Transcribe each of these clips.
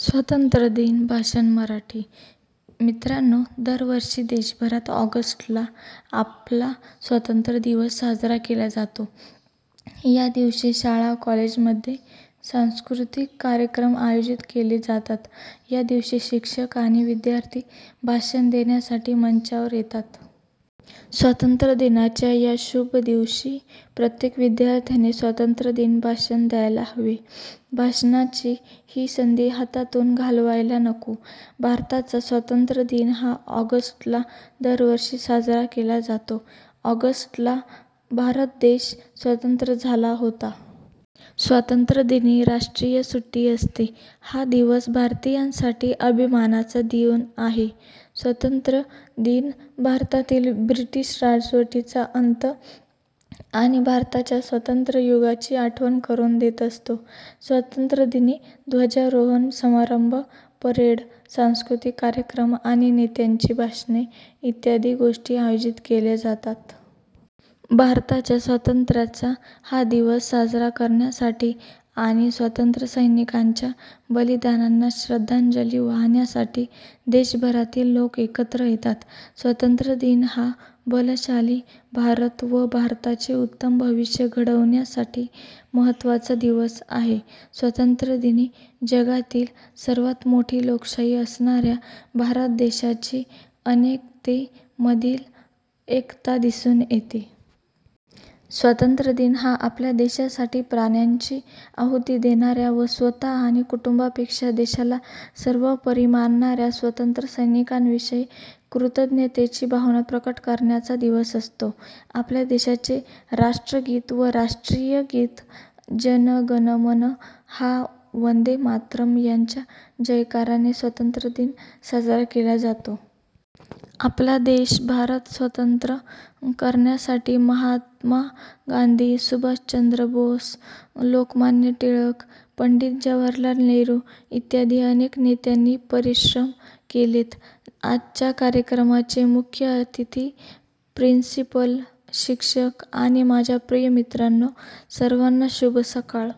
स्वातंत्र्य दिन भाषण मराठी -: मित्रांनो दरवर्षी देशभरात ऑगस्ट ला आपला स्वतंत्र दिवस साजरा केला जातो. या दिवशी शाळा कॉलेजमध्ये सांस्कृतिक कार्यक्रम आयोजित केले जातात. या दिवशी शिक्षक आणि विद्यार्थी भाषण देण्यासाठी मंचावर येतात. स्वतंत्र दिनाच्या या शुभ दिवशी प्रत्येक विद्यार्थ्याने स्वातंत्र्य दिन भाषण द्यायला हवे. भाषणाची ही संधी हातातून घालवायला नको. भारताचा स्वातंत्र्य दिन हा ऑगस्ट ला दरवर्षी साजरा केला जातो. ऑगस्ट ला भारत देश स्वातंत्र्य झाला होता. स्वातंत्र्यदिनी राष्ट्रीय सुट्टी असते, हा दिवस भारतीयांसाठी अभिमानाचा दिन आहे. स्वातंत्र्य दिन भारतातील ब्रिटिश राजवटीचा अंत आणि भारताच्या स्वातंत्र्य युगाची आठवण करून देत असतो. स्वतंत्रदिनी ध्वजारोहण समारंभ, परेड, सांस्कृतिक कार्यक्रम आणि नेत्यांची भाषणे इत्यादी गोष्टी आयोजित केल्या जातात. भारताच्या स्वातंत्र्याचा हा दिवस साजरा करण्यासाठी आणि स्वातंत्र्यसैनिकांच्या बलिदानांना श्रद्धांजली वाहण्यासाठी देशभरातील लोक एकत्र येतात. स्वातंत्र्य दिन हा बलशाली भारत व भारताचे उत्तम भविष्य घडवण्यासाठी महत्त्वाचा दिवस आहे. स्वातंत्र्यदिनी जगातील सर्वात मोठी लोकशाही असणाऱ्या भारत देशाची अनेकते मधील एकता दिसून येते. स्वातंत्र्य दिन हा आपल्या देशासाठी प्राण्यांची आहुती देणाऱ्या व स्वतः आणि कुटुंबापेक्षा देशाला सर्वोपरी मानणाऱ्या स्वतंत्र सैनिकांविषयी कृतज्ञतेची भावना प्रकट करण्याचा दिवस असतो. आपल्या देशाचे राष्ट्रगीत व राष्ट्रीय गीत, जनगणमन हा वंदे मातरम यांच्या जयकाराने स्वातंत्र्य दिन साजरा केला जातो. आपला देश भारत स्वतंत्र करण्यासाठी महात्मा गांधी, सुभाष चंद्र बॉस, लोकमान्य टिळक, पंडित जवाहरलाल नेहरू इत्यादि अनेक नेत्यांनी परिश्रम केलेत. आजच्या कार्यक्रमाचे मुख्य अतिथी, प्रिन्सिपल, शिक्षक आणि माझ्या प्रिय मित्रांनो सर्वांना शुभ सकाळ.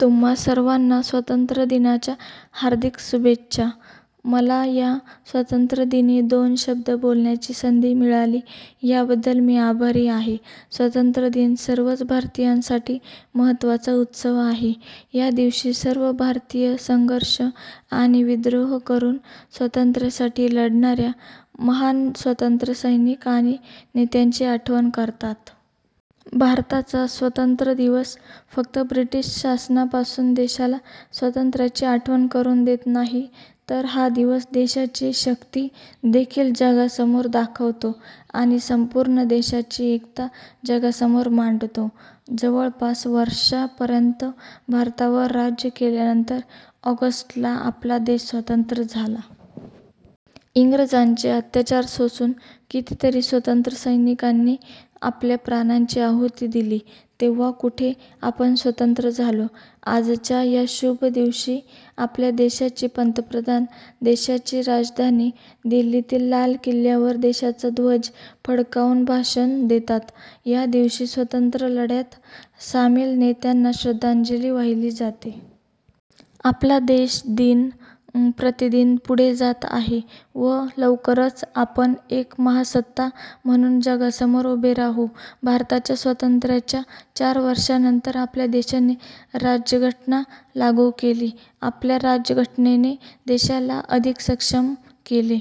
तुम्हा सर्वांना स्वतंत्र दिनाच्या हार्दिक शुभेच्छा. मला या स्वतंत्र दिनी दोन शब्द बोलण्याची संधी मिळाली या बद्दल मी आभारी आहे. स्वतंत्र दिन सर्वच भारतीयांसाठी महत्त्वाचा उत्सव आहे. या दिवशी सर्व भारतीय संघर्ष आणि विद्रोह करून स्वातंत्र्यासाठी लढणाऱ्या महान स्वतंत्र सैनिक आणि नेत्याची आठवण करतात. भारताचा स्वतंत्र दिवस फक्त ब्रिटिश शासना पासून देशाला स्वातंत्र्याची आठवण करून देत नाही, तर हा दिवस देशाची शक्ती देखील जगासमोर दाखवतो. आणि संपूर्ण देशाची एकता जगासमोर मांडतो. जवळपास वर्षापर्यंत भारतावर राज्य केल्यानंतर ऑगस्ट ला आपला देश स्वतंत्र झाला. इंग्रजांचे अत्याचार सोसून कितीतरी स्वतंत्र सैनिकांनी आपल्या प्राणांची आहुती दिली. तेव्हा कुठे आपण स्वतंत्र झालो. आजच्या या शुभ दिवशी आपल्या देशाचे पंतप्रधान देशाची राजधानी दिल्लीतील लाल किल्ल्यावर देशाचा ध्वज फडकावून भाषण देतात. या दिवशी स्वतंत्र लढ्यात सामील नेत्यांना श्रद्धांजली वाहिली जाते. आपला देश दिन प्रतिदिन पुढे जात आहे. व लवकरच आपण एक महासत्ता म्हणून जगासमोर उभे राहू. भारताच्या स्वातंत्र्याच्या चार वर्षानंतर आपल्या देशाने राज्यघटना लागू केली. आपल्या राज्यघटनेने देशाला अधिक सक्षम केले.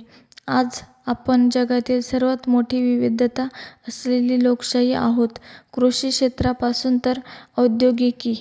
आज आपण जगातील सर्वात मोठी विविधता असलेली लोकशाही आहोत. कृषी क्षेत्रापासून तर औद्योगिकी